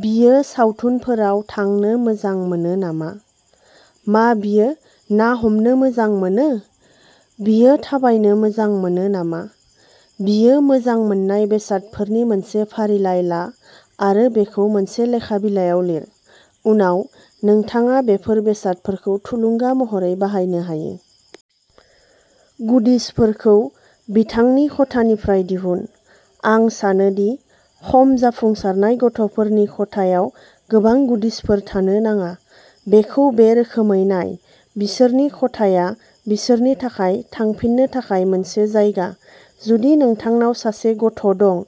बियो सावथुनफोराव थांनो मोजां मोनो नामा? मा बियो ना हमनो मोजां मोनो? बियो थाबायनो मोजां मोनो नामा? बियो मोजां मोननाय बेसादफोरनि मोनसे फारिलाइ ला आरो बेखौ मोनसे लेखा बिलायाव लिर। उनाव, नोंथाङा बेफोर बेसादफोरखौ थुलुंगा महरै बाहायनो हायो। गुडिजफोरखौ बिथांनि खथानिफ्राय दिहुन। आं सानो दि खम जाफुंसारनाय गथ'फोरनि खथायाव गोबां गुडिजफोर थानो नाङा। बेखौ बे रोखोमै नाय बिसोरनि खथाया बिसोरनि थाखाय थांफिननो थाखाय मोनसे जायगा। जुदि नोंथांनाव सासे गथ' दं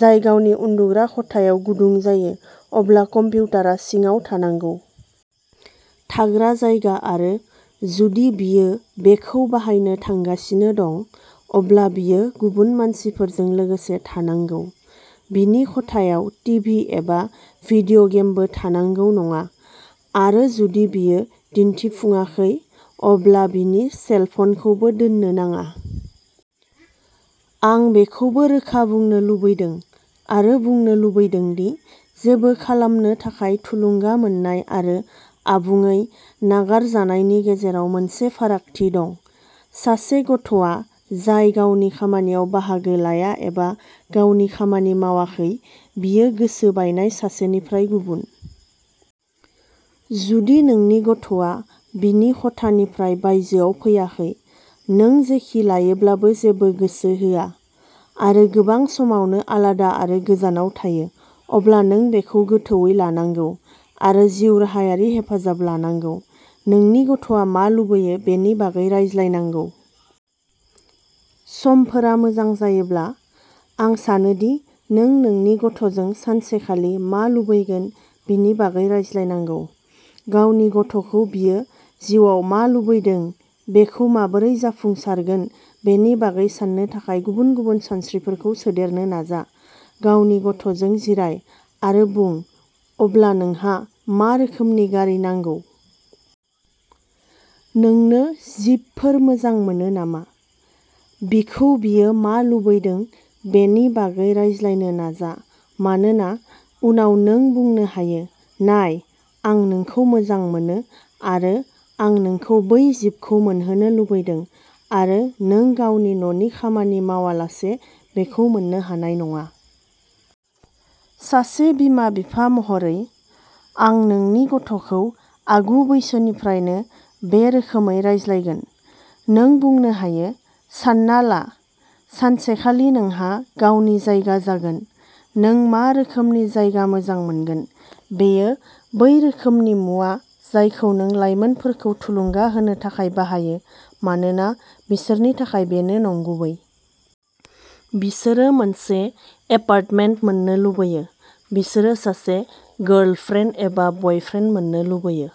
जाय गावनि उन्दुग्रा खथायाव गुदुं जायो, अब्ला कम्पिउटारआ सिङाव थानांगौ। थाग्रा जायगा आरो जुदि बियो बेखौ बाहायनो थांगासिनो दं, अब्ला बियो गुबुन मानसिफोरजों लोगोसे थानांगौ। बिनि खथायाव टिभि एबा भिडिय' गेमबो थानांगौ नङा, आरो जुदि बियो दिन्थिफुङाखै, अब्ला बिनि सेल फनखौबो दोननो नाङा। आं बेखौबो रोखा बुंनो लुबैदों आरो बुंनो लुबैदों दि जेबो खालामनो थाखाय थुलुंगा मोन्नाय आरो आबुङै नागारजानायनि गेजेराव मोनसे फारागथि दं। सासे गथ'आ जाय गावनि खामानियाव बाहागो लाया एबा गावनि खामानि मावाखै, बियो गोसो बायनाय सासेनिफ्राय गुबुन। जुदि नोंनि गथ'आ बिनि खथानिफ्राय बायजोआव फैयाखै, नों जेखि लायोब्लाबो जेबो गोसो होआ, आरो गोबां समावनो आलादा आरो गोजानाव थायो, अब्ला नों बेखौ गोथौवै लानांगौ आरो जिउ राहायारि हेफाजाब लानांगौ। नोंनि गथ'आ मा लुबैयो बेनि बागै रायज्लायनांगौ। समफोरा मोजां जायोब्ला, आं सानो दि नों नोंनि गथ'जों सानसेखालि मा लुबैगोन बेनि बागै रायज्लायनांगौ। गावनि गथ'खौ बियो जिउआव मा लुबैदों बेखौ माबोरै जाफुंसारगोन बेनि बागै साननो थाखाय गुबुन-गुबुन सानस्रिफोरखौ सोदेरनो नाजा। गावनि गथ'जों जिराय आरो बुं अब्ला नोंहा मा रोखोमनि गारि नांगौ? नोंनो जिपफोर मोजां मोनो नामा? बिखौ बियो मा लुबैदों बेनि बागै रायज्लायनो नाजा। मानोना उनाव नों बुंनो हायो, नाय, आं नोंखौ मोजां मोनो आरो आं नोंखौ बै जिपखौ मोनहोनो लुबैदों आरो नों गावनि न'नि खामानि मावालासे बेखौ मोन्नो हानाय नङा। सासे बिमा-बिफा महरै, आं नोंनि गथ'खौ आगु-बैसोनिफ्रायनो बे रोखोमै रायज्लायगोन। नों बुंनो हायो, सानना ला, सानसेखालि नोंहा गावनि जायगा जागोन। नों मा रोखोमनि जायगा मोजां मोनगोन? बेयो बै रोखोमनि मुवा जायखौ नों लायमोनफोरखौ थुलुंगा होनो थाखाय बाहायो मानोना बिसोरनि थाखाय बेनो नंगुबै। बिसोरो मोनसे एपार्टमेन्ट मोन्नो लुबैयो, बिसोरो सासे गार्लफ्रेन्ड एबा बयफ्रेन्ड मोन्नो लुबैयो।